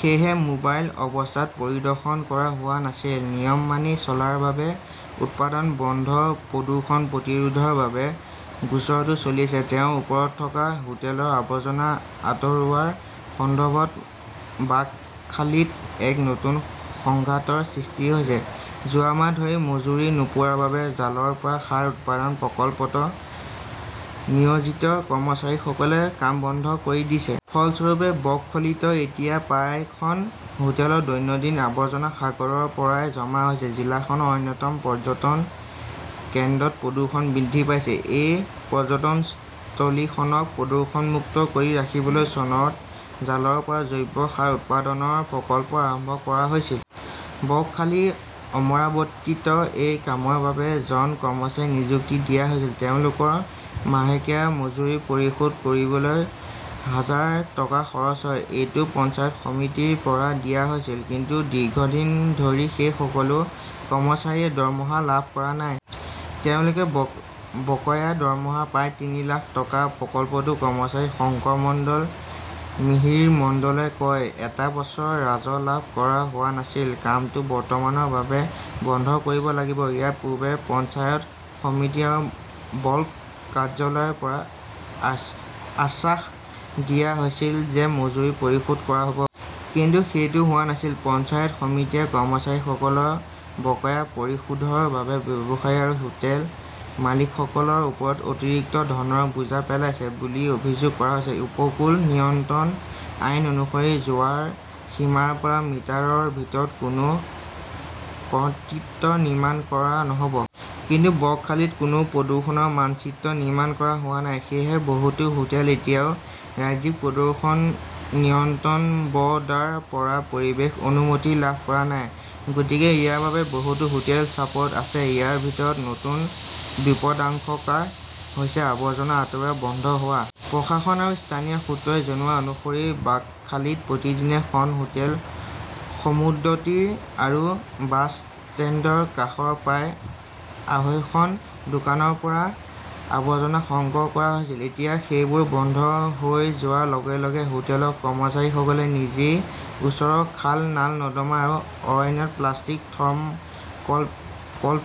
সেয়েহে মোবাইল অৱস্থাত পৰিদৰ্শন কৰা হোৱা নাছিল। নিয়ম মানি চলাৰ বাবে উৎপাদন বন্ধ প্ৰদূষণ প্ৰতিৰোধৰ বাবে গোচৰটো চলি আছে। তেওঁৰ ওপৰত থকা হোটেলৰ আৱৰ্জনা আঁতৰোৱাৰ সন্দৰ্ভত বাকখালীত এক নতুন সংঘাতৰ সৃষ্টি হৈছে। যোৱা মাহ ধৰি মজুৰি নোপোৱাৰ বাবে জালৰ পৰা সাৰ উৎপাদন প্ৰকল্পত নিয়োজিত কৰ্মচাৰীসকলে কাম বন্ধ কৰি দিছে। ফলস্বৰূপে, বক্খলিত এতিয়া প্ৰায় খন হোটেলৰ দৈনন্দিন আৱৰ্জনা সাগৰৰ পৰাই জমা হৈছে। জিলাখনৰ অন্যতম পৰ্যটন কেন্দ্ৰত প্ৰদূষণ বৃদ্ধি পাইছে। এই পৰ্যটনস্থলীখনক প্ৰদূষণমুক্ত কৰি ৰাখিবলৈ চনত জালৰ পৰা জৈৱ সাৰ উৎপাদনৰ প্ৰকল্প আৰম্ভ কৰা হৈছিল। বকখালীৰ অমৰাৱতীত এই কামৰ বাবে জন কৰ্মচাৰীক নিযুক্তি দিয়া হৈছিল। তেওঁলোকৰ মাহেকীয়া মজুৰি পৰিশোধ কৰিবলৈ হাজাৰ টকা খৰচ হয়। এইটো পঞ্চায়ত সমিতিৰ পৰা দিয়া হৈছিল। কিন্তু দীৰ্ঘদিন ধৰি সেই সকলো কৰ্মচাৰীয়ে দৰমহা লাভ কৰা নাই। তেওঁলোকৰ বকেয়া দৰমহা প্ৰায় তিনি লাখ টকা। প্ৰকল্পটোৰ কৰ্মচাৰী শংকৰ মণ্ডল, মিহিৰ মণ্ডলই কয়, "এটা বছৰ ৰাজহ লাভ কৰা হোৱা নাছিল। কামটো বৰ্তমানৰ বাবে বন্ধ কৰিব লাগিব। ইয়াৰ পূৰ্বে পঞ্চায়ত সমিতি আৰু ব্লক কাৰ্যালয়ৰ পৰা আশ্বাস দিয়া হৈছিল যে মজুৰি পৰিশোধ কৰা হ 'ব। কিন্তু সেইটো হোৱা নাছিল। "পঞ্চায়ত সমিতিয়ে কৰ্মচাৰীসকলৰ বকেয়া পৰিশোধৰ বাবে ব্যৱসায়ী আৰু হোটেল মালিকসকলৰ ওপৰত অতিৰিক্ত ধনৰ বোজা পেলাইছে বুলি অভিযোগ কৰা হৈছে। উপকূল নিয়ন্ত্ৰণ আইন অনুসৰি, জোৱাৰৰ সীমাৰ পৰা মিটাৰৰ ভিতৰত কোনো কংক্ৰিট নিৰ্মাণ কৰা নহ 'ব। কিন্তু বকখালীত কোনো প্ৰদূষণৰ মানচিত্ৰ নিৰ্মাণ কৰা হোৱা নাই। সেয়েহে, বহুতো হোটেল এতিয়াও ৰাজ্যিক প্ৰদূষণ নিয়ন্ত্ৰণ ব "ৰ্ডৰ পৰা পৰিৱেশ অনুমতি লাভ কৰা নাই। গতিকে ইয়াৰ বাবে বহুতো হোটেল চাপত আছে। ইয়াৰ ভিতৰত নতুন বিপদাশংকা হৈছে আৱৰ্জনা আঁতৰোৱা বন্ধ হোৱা। প্ৰশাসন আৰু স্থানীয় সূত্ৰই জনোৱা অনুসৰি বাকখালীত প্ৰতিদিনে খন হোটেল, সমুদ্ৰতীৰ আৰু বাছষ্টেণ্ডৰ কাষৰ প্ৰায় আঢ়ৈশখন দোকানৰ পৰা আৱৰ্জনা সংগ্ৰহ কৰা হৈছিল। এতিয়া সেইবোৰ বন্ধ হৈ যোৱাৰ লগে লগে হোটেলৰ কৰ্মচাৰীসকলে নিজেই ওচৰৰ খাল, নলা-নৰ্দমা আৰু অৰণ্যত প্লাষ্টিক, থৰ্ম "কল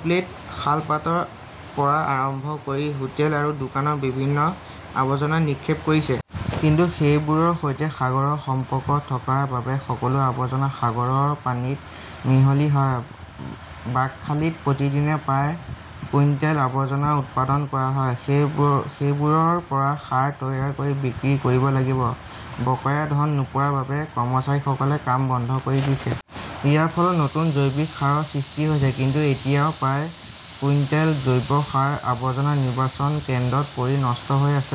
প্লেট, শালপাতৰ পৰা আৰম্ভ কৰি হোটেল আৰু দোকানৰ বিভিন্ন আৱৰ্জনা নিক্ষেপ কৰিছে। কিন্তু সেইবোৰৰ সৈতে সাগৰৰ সম্পৰ্ক থকাৰ বাবে সকলো আৱৰ্জনা সাগৰৰ পানীত মিহলি হয়। বাকখালীত প্ৰতিদিনে প্ৰায় কুইণ্টেল আৱৰ্জনা উৎপাদন কৰা হয়। সেইবোৰৰ পৰা সাৰ তৈয়াৰ কৰি বিক্ৰী কৰিব লাগিব। বকেয়া ধন নোপোৱাৰ বাবে কৰ্মচাৰীসকলে কাম বন্ধ কৰি দিছে। ইয়াৰ ফলত নতুন জৈৱিক সাৰৰ সৃষ্টি হৈছে। কিন্তু এতিয়াও প্ৰায় কুইণ্টেল জৈৱ সাৰ আৱৰ্জনা নিৰ্বাচন কেন্দ্ৰত পৰি নষ্ট হৈ আছে।